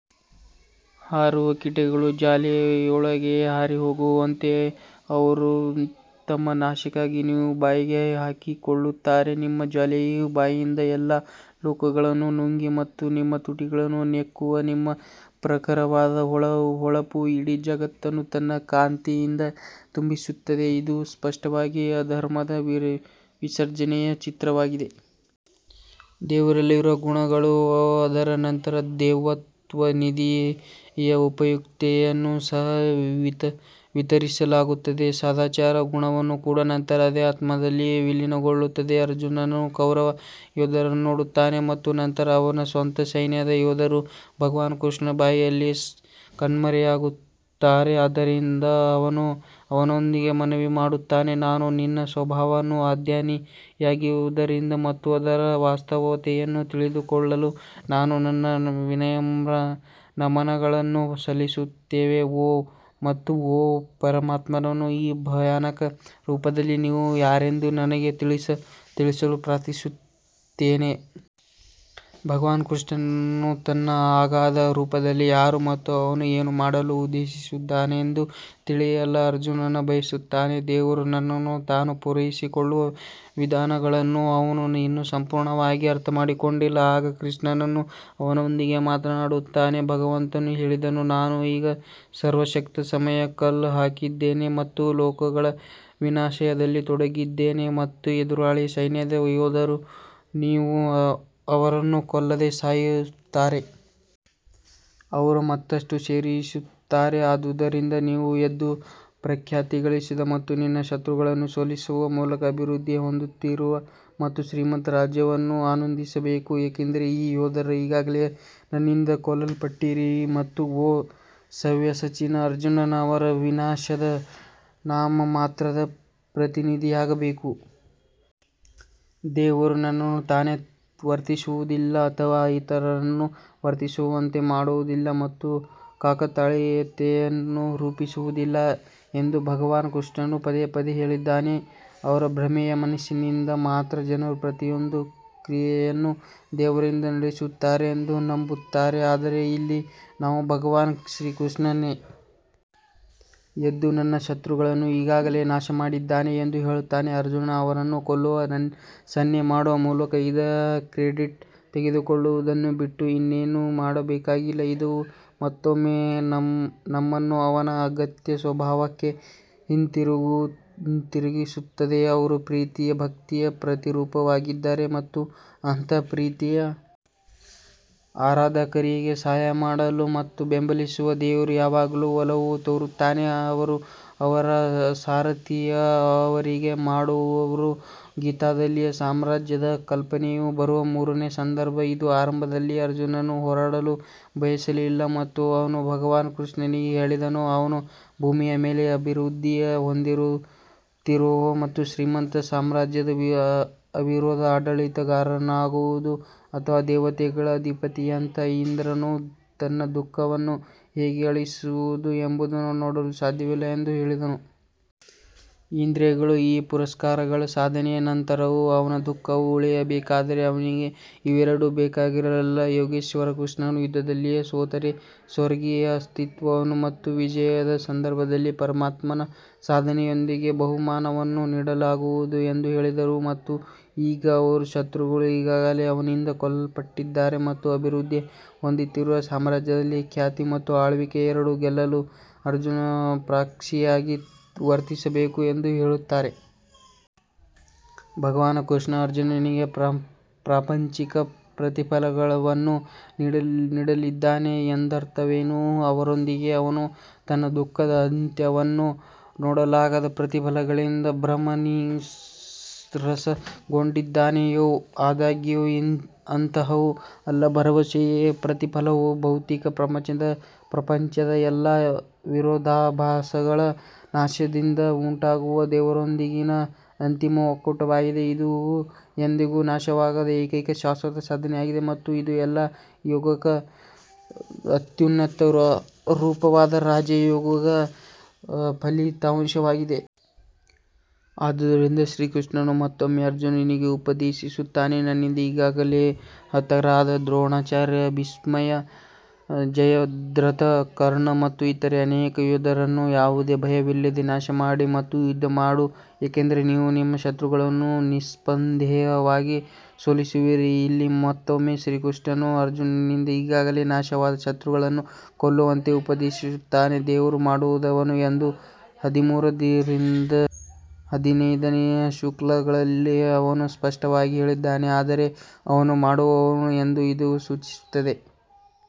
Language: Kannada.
ಹಾರುವ ಕೀಟಗಳು ಜ್ವಾಲೆಯೊಳಗೆ ಹಾರಿಹೋಗುವಂತೆ ಅವರು ತಮ್ಮ ನಾಶಕ್ಕಾಗಿ ನಿಮ್ಮ ಬಾಯಿಗೆ ಹಾಕಿಕೊಳ್ಳುತ್ತಾರೆ ನಿಮ್ಮ ಜ್ವಾಲೆಯ ಬಾಯಿಯಿಂದ ಎಲ್ಲಾ ಲೋಕಗಳನ್ನು ನುಂಗಿ ಮತ್ತು ನಿಮ್ಮ ತುಟಿಗಳನ್ನು ನೆಕ್ಕುವ ನಿಮ್ಮ ಪ್ರಖರವಾದ ಹೊಳಪು ಇಡೀ ಜಗತ್ತನ್ನು ತನ್ನ ಕಾಂತಿಯಿಂದ ತುಂಬಿಸುತ್ತಿದೆ ಇದು ಸ್ಪಷ್ಟವಾಗಿ ಅಧರ್ಮದ ವಿಸರ್ಜನೆಯ ಚಿತ್ರಣವಾಗಿದೆ ದೇವರಲ್ಲಿರುವ ಗುಣಗಳು ಅದರ ನಂತರ ದೈವತ್ವದ ನಿಧಿಯ ಉಪಯುಕ್ತತೆಯನ್ನು ಸಹ ವಿತರಿಸಲಾಗುತ್ತದೆ ಸದಾಚಾರ ಗುಣಗಳು ಕೂಡ ನಂತರ ಅದೇ ಆತ್ಮದಲ್ಲಿ ವಿಲೀನಗೊಳ್ಳುತ್ತವೆ ಅರ್ಜುನನು ಕೌರವ ಯೋಧರನ್ನು ನೋಡುತ್ತಾನೆ ಮತ್ತು ನಂತರ ಅವನ ಸ್ವಂತ ಸೈನ್ಯದ ಯೋಧರು ಭಗವಾನ್ ಕೃಷ್ಣನ ಬಾಯಿಯಲ್ಲಿ ಕಣ್ಮರೆಯಾಗುತ್ತಾರೆ ಆದ್ದರಿಂದ ಅವನು ಅವನೊಂದಿಗೆ ಮನವಿ ಮಾಡುತ್ತಾನೆ ನಾನು ನಿನ್ನ ಸ್ವಭಾವವನ್ನು ಅಜ್ಞಾನಿಯಾಗಿರುವುದರಿಂದ ಮತ್ತು ಅದರ ವಾಸ್ತವತೆಯನ್ನು ತಿಳಿದುಕೊಳ್ಳಲು ನಾನು ನನ್ನ ವಿನಮ್ರ ನಮನಗಳನ್ನು ಸಲ್ಲಿಸುತ್ತೇನೆ ಮತ್ತು ಓ ಪರಮಾತ್ಮನು ಈ ಭಯಾನಕ ರೂಪದಲ್ಲಿ ನೀವು ಯಾರೆಂದು ನನಗೆ ತಿಳಿಸಲು ಪ್ರಾರ್ಥಿಸುತ್ತೇನೆ. ಭಗವಾನ್ ಕೃಷ್ಣನು ತನ್ನ ಅಗಾಧ ರೂಪದಲ್ಲಿ ಯಾರು ಮತ್ತು ಅವನು ಏನು ಮಾಡಲು ಉದ್ದೇಶಿಸಿದ್ದಾನೆಂದು ತಿಳಿಯಲು ಅರ್ಜುನ್ ಬಯಸುತ್ತಾನೆ ದೇವರು ತನ್ನನ್ನು ತಾನು ಪೂರೈಸಿಕೊಳ್ಳುವ ವಿಧಾನಗಳನ್ನು ಅವನು ಇನ್ನೂ ಸಂಪೂರ್ಣವಾಗಿ ಅರ್ಥಮಾಡಿಕೊಂಡಿಲ್ಲ ಆಗ ಶ್ರೀಕೃಷ್ಣನು ಅವನೊಂದಿಗೆ ಮಾತನಾಡುತ್ತಾನೆ ಭಗವಂತನು ಹೇಳಿದನು ನಾನು ಈಗ ಸರ್ವಶಕ್ತ ಸಮಯ ಕಲ್ ಆಗಿದ್ದೇನೆ ಮತ್ತು ಲೋಕಗಳ ವಿನಾಶದಲ್ಲಿ ತೊಡಗಿದ್ದೇನೆ ಮತ್ತು ಎದುರಾಳಿ ಸೈನ್ಯದ ಯೋಧರು ನೀವು ಅವರನ್ನು ಕೊಲ್ಲದೆ ಸಾಯುತ್ತಾರೆ. ಅವರು ಮತ್ತಷ್ಟು ಸೇರಿಸುತ್ತಾರೆ ಆದುದರಿಂದ ನೀನು ಎದ್ದು ಪ್ರಖ್ಯಾತಿ ಗಳಿಸಿ ಮತ್ತು ನಿನ್ನ ಶತ್ರುಗಳನ್ನು ಸೋಲಿಸುವ ಮೂಲಕ ಅಭಿವೃದ್ಧಿ ಹೊಂದುತ್ತಿರುವ ಮತ್ತು ಶ್ರೀಮಂತ ರಾಜ್ಯವನ್ನು ಆನಂದಿಸಬೇಕು ಏಕೆಂದರೆ ಈ ಯೋಧರು ಈಗಾಗಲೇ ನನ್ನಿಂದ ಕೊಲ್ಲಲ್ಪಟ್ಟಿದ್ದೀರಿ ಮತ್ತು ಓ ಸವ್ಯಸಚಿನ್ ಅರ್ಜುನ್ ಅವರ ವಿನಾಶದ ನಾಮಮಾತ್ರದ ಪ್ರತಿನಿಧಿಯಾಗಬೇಕು. ದೇವರು ತನ್ನನ್ನು ತಾನೇ ವರ್ತಿಸುವುದಿಲ್ಲ ಅಥವಾ ಇತರರನ್ನು ವರ್ತಿಸುವಂತೆ ಮಾಡುವುದಿಲ್ಲ ಮತ್ತು ಕಾಕತಾಳೀಯತೆಯನ್ನು ರೂಪಿಸುವುದಿಲ್ಲ ಎಂದು ಭಗವಾನ್ ಕೃಷ್ಣನು ಪದೇ ಪದೇ ಹೇಳಿದ್ದಾನೆ. ಅವರ ಭ್ರಮೆಯ ಮನಸ್ಸಿನಿಂದ ಮಾತ್ರ ಜನರು ಪ್ರತಿಯೊಂದು ಕ್ರಿಯೆಯನ್ನು ದೇವರಿಂದ ನಡೆಸುತ್ತಾರೆ ಎಂದು ನಂಬುತ್ತಾರೆ ಆದರೆ ಇಲ್ಲಿ ನಾವು ಭಗವಾನ್ ಶ್ರೀಕೃಷ್ಣನೇ ಎದ್ದು ತನ್ನ ಶತ್ರುಗಳನ್ನು ಈಗಾಗಲೇ ನಾಶಮಾಡಿದ್ದಾನೆ ಎಂದು ಹೇಳುತ್ತಾನೆ ಅರ್ಜುನ್ ಅವರನ್ನು ಕೊಲ್ಲುವ ಸನ್ನೆ ಮಾಡುವ ಮೂಲಕ ಇದರ ಕ್ರೆಡಿಟ್ ತೆಗೆದುಕೊಳ್ಳುವುದನ್ನು ಬಿಟ್ಟು ಇನ್ನೇನೂ ಮಾಡಬೇಕಾಗಿಲ್ಲ ಇದು ಮತ್ತೊಮ್ಮೆ ನಮ್ಮನ್ನು ಅವನ ಅಗತ್ಯ ಸ್ವಭಾವಕ್ಕೆ ಹಿಂತಿರುಗಿಸುತ್ತದೆ ಅವರು ಪ್ರೀತಿಯ ಭಕ್ತಿಯ ಪ್ರತಿರೂಪವಾಗಿದ್ದಾರೆ ಮತ್ತು ಅಂತಹ ಪ್ರೀತಿಯ ಆರಾಧಕರಿಗೆ ಸಹಾಯ ಮಾಡಲು ಮತ್ತು ಬೆಂಬಲಿಸಲು ದೇವರು ಯಾವಾಗಲೂ ಒಲವು ತೋರುತ್ತಾನೆ ಅವರು ಅವರ ಸಾರಥಿ ಅವರಿಗೆ ಮಾಡುವವರು ಗೀತಾದಲ್ಲಿ ಸಾಮ್ರಾಜ್ಯದ ಕಲ್ಪನೆಯು ಬರುವ ಮೂರನೇ ಸಂದರ್ಭ ಇದು ಆರಂಭದಲ್ಲಿ ಅರ್ಜುನನು ಹೋರಾಡಲು ಬಯಸಲಿಲ್ಲ ಮತ್ತು ಅವನು ಭಗವಾನ್ ಕೃಷ್ಣನಿಗೆ ಹೇಳಿದನು ಅವನು ಭೂಮಿಯ ಮೇಲೆ ಅಭಿವೃದ್ಧಿ ಹೊಂದುತ್ತಿರುವ ಮತ್ತು ಶ್ರೀಮಂತ ಸಾಮ್ರಾಜ್ಯದ ಅವಿರೋಧ ಆಡಳಿತಗಾರನಾಗುವುದು ಅಥವಾ ದೇವತೆಗಳ ಅಧಿಪತಿಯಂತಹ ಇಂದ್ರನು ತನ್ನ ದುಃಖವನ್ನು ಹೇಗೆ ಅಳಿಸಬಹುದು ಎಂಬುದನ್ನು ನೋಡಲು ಸಾಧ್ಯವಿಲ್ಲ ಎಂದು ಹೇಳಿದನು. ಇಂದ್ರಿಯಗಳು ಈ ಪುರಸ್ಕಾರಗಳ ಸಾಧನೆಯ ನಂತರವೂ ಅವನ ದುಃಖವು ಉಳಿಯಬೇಕಾದರೆ ಅವನಿಗೆ ಇವೆರಡೂ ಬೇಕಾಗಿರಲಿಲ್ಲ ಯೋಗೇಶ್ವರ್ ಕೃಷ್ಣನು ಯುದ್ಧದಲ್ಲಿ ಸೋತರೆ ಸ್ವರ್ಗೀಯ ಅಸ್ತಿತ್ವವನ್ನು ಮತ್ತು ವಿಜಯದ ಸಂದರ್ಭದಲ್ಲಿ ಪರಮಾತ್ಮನ ಸಾಧನೆಯೊಂದಿಗೆ ಬಹುಮಾನವನ್ನು ನೀಡಲಾಗುವುದು ಎಂದು ಹೇಳಿದರು. ಮತ್ತು ಈಗ ಅವರು ಶತ್ರುಗಳು ಈಗಾಗಲೇ ಅವನಿಂದ ಕೊಲ್ಲಲ್ಪಟ್ಟಿದ್ದಾರೆ ಮತ್ತು ಅಭಿವೃದ್ಧಿ ಹೊಂದುತ್ತಿರುವ ಸಾಮ್ರಾಜ್ಯದ ಖ್ಯಾತಿ ಮತ್ತು ಆಳ್ವಿಕೆ ಎರಡನ್ನೂ ಗೆಲ್ಲಲು ಅರ್ಜುನ್ ಪ್ರಾಕ್ಸಿಯಾಗಿ ವರ್ತಿಸಬೇಕು ಎಂದು ಹೇಳುತ್ತಾರೆ. ಭಗವಾನ್ ಕೃಷ್ಣನು ಅರ್ಜುನನಿಗೆ ಪ್ರಾಪಂಚಿಕ ಪ್ರತಿಫಲವನ್ನು ನೀಡಲಿದ್ದಾನೆ ಎಂದರ್ಥವೇನೋ ಅದರೊಂದಿಗೆ ಅವನು ತನ್ನ ದುಃಖದ ಅಂತ್ಯವನ್ನು ನೋಡಲಾಗದ ಪ್ರತಿಫಲಗಳಿಂದ ಭ್ರಮನಿರಸನಗೊಂಡಿದ್ದಾನೆಯೇ? ಆದಾಗ್ಯೂ ಅಂತಹವು ಅಲ್ಲ ಭರವಸೆಯ ಪ್ರತಿಫಲವು ಭೌತಿಕ ಪ್ರಪಂಚದ ಎಲ್ಲಾ ವಿರೋಧಾಭಾಸಗಳ ನಾಶದಿಂದ ಉಂಟಾಗುವ ದೇವರೊಂದಿಗಿನ ಅಂತಿಮ ಒಕ್ಕೂಟವಾಗಿದೆ. ಇದು ಎಂದಿಗೂ ನಾಶವಾಗದ ಏಕೈಕ ಶಾಶ್ವತ ಸಾಧನೆಯಾಗಿದೆ ಮತ್ತು ಇದು ಎಲ್ಲಾ ಯೋಗದ ಅತ್ಯುನ್ನತ ರೂಪವಾದ ರಾಜ ಯೋಗದ ಫಲಿತಾಂಶವಾಗಿದೆ. ಆದುದರಿಂದ ಶ್ರೀಕೃಷ್ಣನು ಮತ್ತೊಮ್ಮೆ ಅರ್ಜುನನಿಗೆ ಉಪದೇಶಿಸುತ್ತಾನೆ ನನ್ನಿಂದ ಈಗಾಗಲೇ ಹತರಾದ ದ್ರೋಣಾಚಾರ್ಯ ಭೀಷ್ಮ ಜಯದ್ರಥ ಕರ್ಣ ಮತ್ತು ಇತರ ಅನೇಕ ಯೋಧರನ್ನು ಯಾವುದೇ ಭಯವಿಲ್ಲದೆ ನಾಶಮಾಡಿ ಮತ್ತು ಯುದ್ಧ ಮಾಡು ಏಕೆಂದರೆ ನೀವು ನಿಮ್ಮ ಶತ್ರುಗಳನ್ನು ನಿಸ್ಸಂದೇಹವಾಗಿ ಸೋಲಿಸುವಿರಿ. ಇಲ್ಲಿ ಮತ್ತೊಮ್ಮೆ ಶ್ರೀಕೃಷ್ಣನು ಅರ್ಜುನನಿಂದ ಈಗಾಗಲೇ ನಾಶವಾದ ಶತ್ರುಗಳನ್ನು ಕೊಲ್ಲುವಂತೆ ಉಪದೇಶಿಸುತ್ತಾನೆ ದೇವರು ಮಾಡದವನು ಎಂದು ಹದಿಮೂರರಿಂದ ಹದಿನೈದನೇ ಶ್ಲೋಕಗಳಲ್ಲಿ ಅವನು ಸ್ಪಷ್ಟವಾಗಿ ಹೇಳಿದ್ದಾನೆ ಆದರೆ ಅವನು ಮಾಡುವವನು ಎಂದು ಇದು ಸೂಚಿಸುತ್ತದೆ.